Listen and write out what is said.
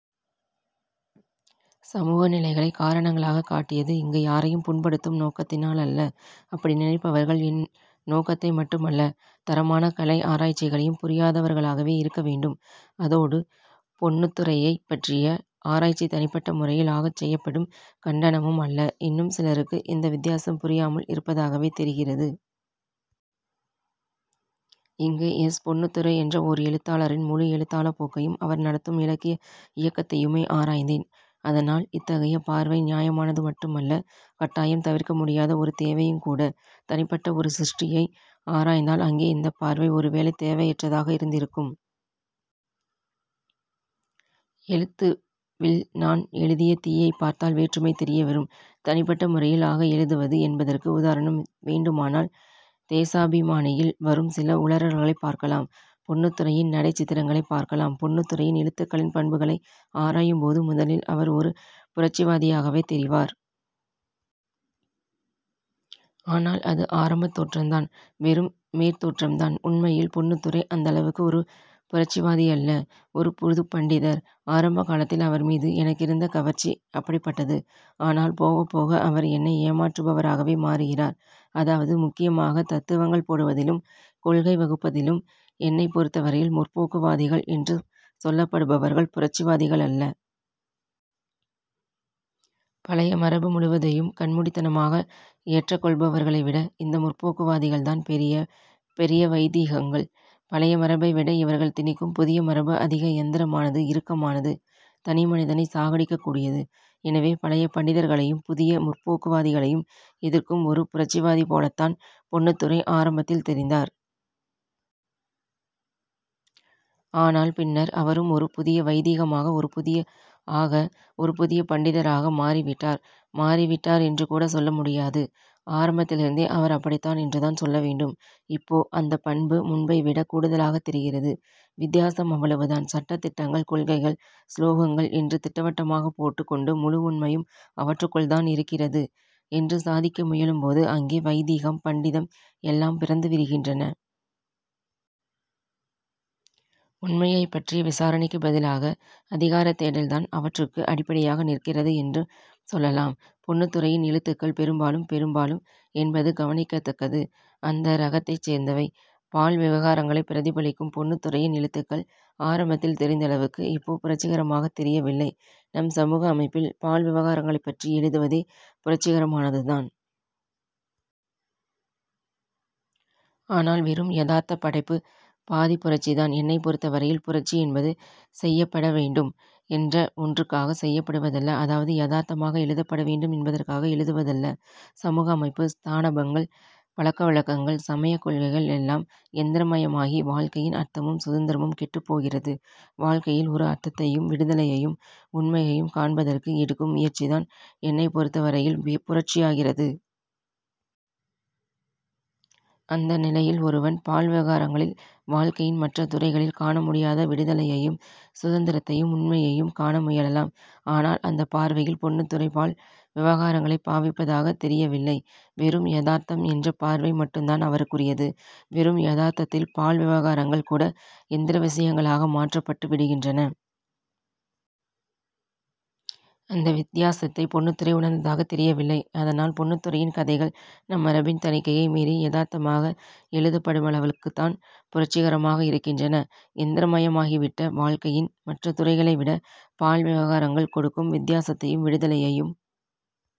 சமூக நிலைகளைக் காரணங்களாகக் காட்டியது இங்க யாரையும் புண்படுத்தும் நோக்கத்தினாலல்ல. அப்படி நினைப்பவர்கள் என் நோக்கத்தை மட்டுமல்ல, தரமான கலை ஆராய்ச்சிகளையும் புரியதவர்களாகவே இருக்க வேண்டும். அதோடு பொன்னுத்துரையைப்பற்றிய ஆராய்ச்சி தனிப்பட்ட முறையில் ஆகச் செய்யப்படும் கண்டனமும் அல்ல. இன்னும் சிலருக்கு இந்த வித்தியாசம் புரியாமல் இருப்பதாகவே தெரிகிறது. இங்கு எஸ். பொன்னுத்துரை என்ற ஓர் எழுத்தாளாரின் முழு எழுத்தாளப் போக்கையும் அவர் நடத்தும் இலக்கிய இயக்கத்தையுமே ஆராய்ந்தேன். அதனால் இத்தகைய பார்வை நியாயமானது மட்டுமல்ல, கட்டாயம் தவிர்க்க முடியாத ஒரு தேவையுங்கூட. தனிப்பட்ட ஒரு சிருஷ்டியை ஆராய்ந்தால் அங்கே இந்தப் பார்வை ஒருவேளை தேவையற்றதாக இருந்திருக்கும். 'எழுத்து'வில் நான் எழுதிய 'தீ'யைப் பார்த்தால் வேற்றுமை தெரியவரும். தனிப்பட்ட முறையில் ஆக எழுதுவது என்பதற்கு உதாரணம் வேண்டுமானால் 'தேசாபிமானி'யில் வரும் சில உளறல்களைப் பார்க்கலாம். பொன்னுத்துரையின் நடைச் சித்திரங்களைப் பார்க்கலாம். பொன்னுத்துரையின் எழுத்துகளின் பண்புகளை ஆராயும் போது முதலில் அவர் ஒரு புரட்சிவாதியாகவே தெரிவார். ஆனால் அது ஆரம்பத் தோற்றந்தான். வெறும் மேற்தோற்றம்தான். உண்மையில் பொன்னுத்துரை அந்தளவுக்கு ஒரு புரட்சிவாதியல்ல. ஒரு புதுப் பண்டிதர். ஆரம்ப காலத்தில் அவர்மீது எனக்கிருந்த கவர்ச்சி அப்படிப்பட்டது. ஆனால் போகப் போக அவர் என்னை ஏமாற்றுபவராகவே மாறுகிறார். அதாவது, முக்கியமாகத் தத்துவங்கள் போடுவதிலும் கொள்கை வகுப்பதிலும் என்னைப் பொருத்தவரையில் 'முற்போக்கு'வாதிகள் என்று சொல்லப்படுபவர்கள் புரட்சிவாதிகளல்ல. பழைய மரபு முழுவதையும் கண்மூடித்தனமாக ஏற்றக்கொள்பவர்களை விட இந்த 'முற்போக்கு'வாதிகள்தான் பெரிய. பெரிய வைதீகங்கள். பழைய மரபை விட இவர்கள் திணிக்கும் புதிய மரபு அதிக யந்திரமானது. இறுக்கமானது. தனிமனிதனைச் சாகடிக்கக் கூடியது. எனவே, பழைய பண்டிதர்களையும், புதிய 'முற்போக்கு'வாதிகளையும் எதிர்க்கும் ஒரு புரட்சிவாதிபோலத்தான் பொன்னுத்துரை ஆரம்பத்தில் தெரிந்தார். ஆனால் பின்னர் அவரும் ஒரு புதிய வைதீகமாக, ஒரு புதிய ஆக, ஒரு புதிய பண்டிதராக மாறிவிட்டார். மாறிவிட்டார் என்றுகூட சொல்லிவிட முடியாது. ஆரம்பத்திலிருந்தே அவர் அப்படித்தான் என்றுதான் சொல்ல வேண்டும். இப்போ அந்தப் பண்பு முன்பை விடக் கூடுதலாகத் தெரிகிறது. வித்தியாசம் அவ்வளவுதான். சட்ட திட்டங்கள், கொள்கைகள், சுலோகங்கள் என்று திட்டவட்டமாகப் போட்டுக் கொண்டு முழு உண்மையும் அவற்றுக்குள்தான் இருக்கிறது என்று சாதிக்க முயலும்போது அங்கே, வைதீகம், பண்டிதம் எல்லாம் பிறந்துவிடுகின்றன. உண்மையைப் பற்றிய விசாரணைக்குப் பதிலாக அதிகாரத் தேடல்தான் அவற்றுக்கு அடிப்படையாக நிற்கிறது என்றும் சொல்லலாம். பொன்னுத்துரையின் எழுத்துகள் பெரும்பாலும் பெரும்பாலும் என்பது கவனிக்கத்தக்கது அந்த ரகத்தைச் சேர்ந்தவை. பால் விவகாரங்களைப் பிரதிபலிக்கும் பொன்னுத்துரையின் எழுத்துகள் ஆரம்பத்தில் தெரிந்தளவுக்கு இப்போ புரட்சிகரமாகத் தெரியவில்லை. நம் சமூக அமைப்பில் பால் விவகாரங்களைப்பற்றி எழுதுவதே புரட்சிகரமானதுதான். ஆனால் வெறும் யதார்த்தப் படைப்பு பாதிப் புரட்சிதான். என்னைப் பொருத்தவரையில், புரட்சி என்பது செய்யப்பட வேண்டும் என்ற ஒன்றுக்காகச் செய்யப்படுவதல்ல. அதாவது யதார்த்தமாக எழுதப்பட வேண்டும் என்பதற்காக எழுதுவதல்ல. சமூக அமைப்பு, ஸ்தாபனங்கள், பழக்க வழக்கங்கள், சமயக் கொள்கைகள் எல்லாம் யந்திரமயமாகி வாழ்க்கையின் அர்த்தமும் சுதந்திரமும் கெட்டுப்போகிறபோது வாழ்க்கையில் ஒரு அர்த்தத்தையும் விடுதலையையும் உண்மையையும் காண்பதற்கு எடுக்கும் முயற்சிதான் என்னைப் பொருத்தவரையில் புரட்சியாகிறது. அந்த நிலையில் ஒருவன் பால் விவகாரங்களில் வாழ்க்கையின் மற்ற துறைகளில் காண முடியாத விடுதலையையும் சுதந்திரத்தையும் உண்மையையும் காண முயலலாம். ஆனால் அந்தப் பார்வையில் பொன்னுத்துரை பால் விவகாரங்களைப் பாவிப்பதாகத் தெரியவில்லை. வெறும் யதார்த்தம் என்ற பார்வை மட்டுந்தான் அவருக்குரியது. வெறும் யதார்த்தத்தில் பால் விவகாரங்கள் கூட யந்திர விசயங்களாக மாற்றப்பட்டு விடுகின்றன. அந்த வித்தியாசத்தைப் பொன்னுத்துரை உணர்ந்ததாகத் தெரியவில்லை. அதனால் பொன்னுத்துரையின் கதைகள் நம் மரபின் தணிக்கையை மீறி யதார்த்தமாக எழுதப்படுமளவுக்குத்தான் புரட்சிகரமாக இருக்கின்றன. யந்திரமாகிவிட்ட வாழ்க்கையின் மற்ற துறைகளை விட பால் விவகாரங்கள் கொடுக்கும் வித்தியாசத்தையும் விடுதலையையும்